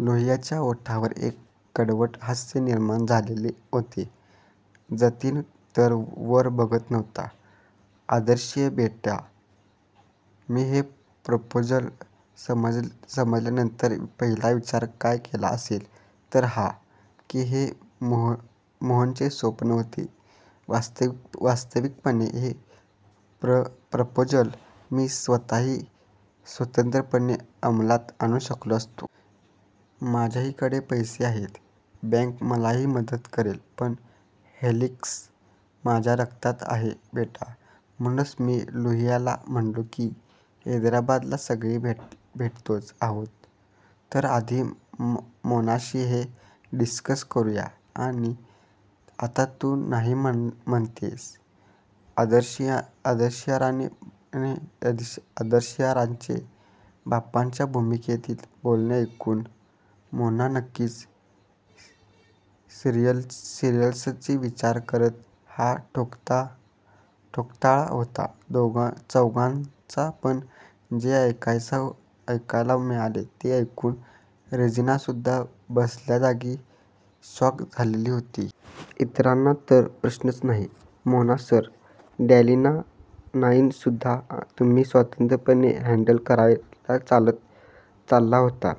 लोहियांच्या ओठांवर एक कडवट हास्य निर्माण झालेले होते. जतीन तर वर बघतच नव्हता. अर्देशीर बेटा, मी हे प्रपोजल समजल्यानंतर पहिला विचार काय केला असेल तर हा, की हे मोहनचे स्वप्न होते. वास्तविकपणे हे प्रपोजल मी स्वतःही स्वतंत्रपणे अंमलात आणू शकलो असतो. माझ्याहीकडे पैसे आहेत. बॅन्क मलाही मदत करेल पण हेलिक्स माझ्या रक्तात आहे बेटा, म्हणूनच मी लोहियाला म्हणालो की हैदराबादला सगळे भेटतोच आहोत तर आधी मोनाशी हे डिस्कस करूयात आणि आता तू नाही म्हणतीयस, अर्देशीरांचे 'बापाच्या' भूमिकेतील बोलणे ऐकून मोना नक्कीच सिरियसली विचार करेल हा ठोकताळा होता चौघांचा पण जे ऐकायला मिळाले ते ऐकून रेजिनासुद्धा बसल्याजागी शॉक्ड झालेला होता. इतरांचा तर प्रश्नच नाही.मोना सर, डॅनलाईनसुद्धा तुम्ही स्वतंत्रपणेच हॅन्डल करायला चालला होतात.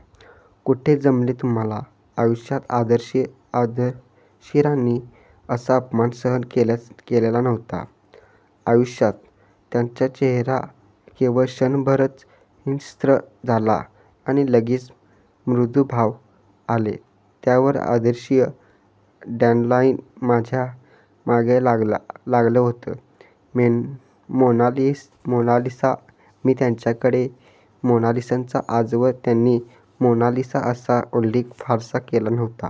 कुठे जमले तुम्हाला? आयुष्यात अर्देशीरांनी असा अपमान सहन केलेला नव्हता. आयुष्यात! त्यांचा चेहरा केवळ क्षणभरच हिंस्त्र झाला आणि लगेच मृदू भाव आले त्यावर अर्देशीर डॅनलाईन माझ्या मागे लागलं होतं मोनालिसा मी त्यांच्या नव्हे, मोनालिसाचा आजवर त्यांनी 'मोनालिसा' असा उल्लेख फारसा केलेला नव्हता.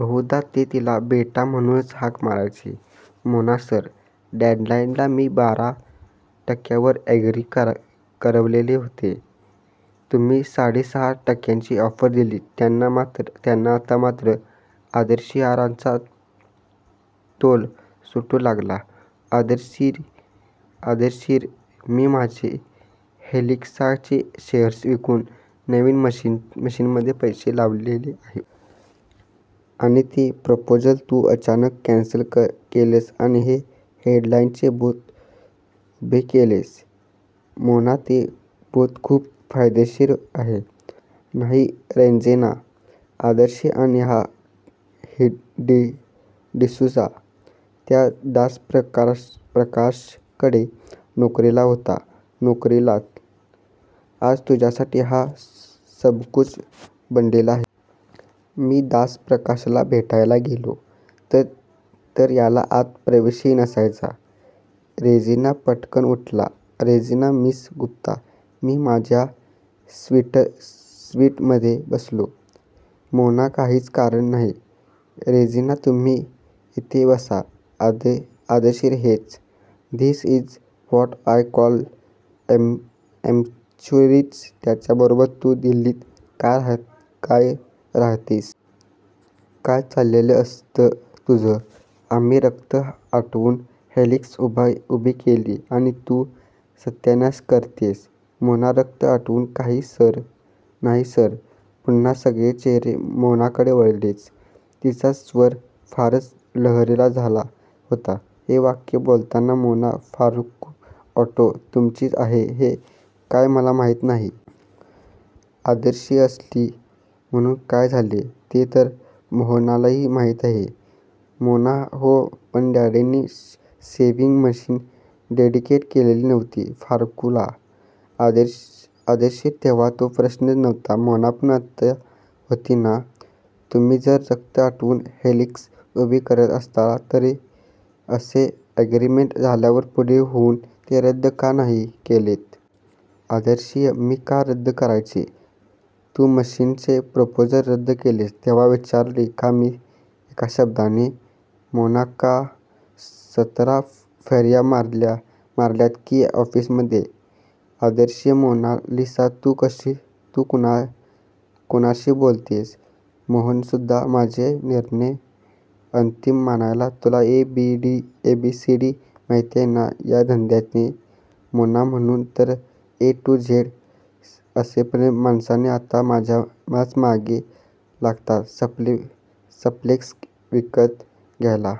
बहुधा ते तिला 'बेटा' म्हणूनच हाक मारायचे. मोना सर, डॅनलाईनला मी बारा टक्यांवर अॅग्री करवलेले होते. तुम्ही साडे सहा टक्यांची ऑफर दिलीत त्यांना आता मात्र अर्देशीरांचा तोल सुटू लागला. अर्देशीर मी माझे हेलिक्सचे शेअर्स विकून नवीन मशीन्समध्ये पैसे लावलेले होते. आणि ते प्रपोजल तू अचानक कॅन्सल केलेस आणि हे डॅनलाईनचे भूत उभे केलेस. मोना ते भूत खूप फायदेशीर आहे. नाही रेजिना? अर्देशीर आणि हा डिसूझा, त्या दासप्रकाशकडे नोकरीला होता नोकरीला. आज तुझ्यासाठी हा सबकुछ बनलेला आहे. मी दासप्रकाशला भेटायला गेलो तर याला आत प्रवेशही नसायचा. रेजिना पटकन उठला, रेजिना मिस गुप्ता, मी माझ्या स्विटमध्ये बसतो. मोना काहीच कारण नाही रेजिना तुम्ही इथेच बसा. अर्देशीर हेच. This is what I call immaturity याच्याबरोबर तू दिल्लीत काय राहतेस. काय चाललेलं असतं तुझं? आम्ही रक्त आटवून हेलिक्स उभी केली आणि तू सत्यानाश करतीयस. मोना रक्त आटवून नाही सर, पुन्हा सगळे चेहरे मोनाकडे वळले. तिचा स्वर फारच जहरी झाला होता हे वाक्य बोलताना मोना फारुख ऑटो तुमचीच आहे हे काय मला माहीत नाही? अर्देशीर असली म्हणून काय झाले? ते तर मोहनलाही माहीत होते. मोना हो पण डॅडनी शेव्हिंग मशीन्स डेडिकेट केलेली नव्हती फारुखला. अर्देशीर तेव्हा तो प्रश्नच नव्हता मोना पण आत्ता होता .ना? तुम्ही जर रक्त आटवून 'हेलिक्स' उभी करत असाल तर असे अॅग्रीमेन्ट झाल्यावर पुढे होऊन ते रद्द का नाही केलेत? अर्देशीर मी का रद्द करायचे? तू मशीन्सचे प्रपोजल रद्द केलेस तेव्हा विचारले का मी एका शब्दाने? मोना का?? सतरा फेर्या मारल्यात की ऑफीसमध्ये, अर्देशीर मोनालिसा तू कुणाशी बोलतीयस? मोहन सुद्धा माझे निर्णय अंतीम मानायचा तुला ए बी सी डी माहीत नाही या धंद्यातले, मोना म्हणून तर ए टू झेड असलेली माणसे आज माझ्याच मागे लागतात सिम्प्लेक्स विकत घ्यायच्यावेळी.--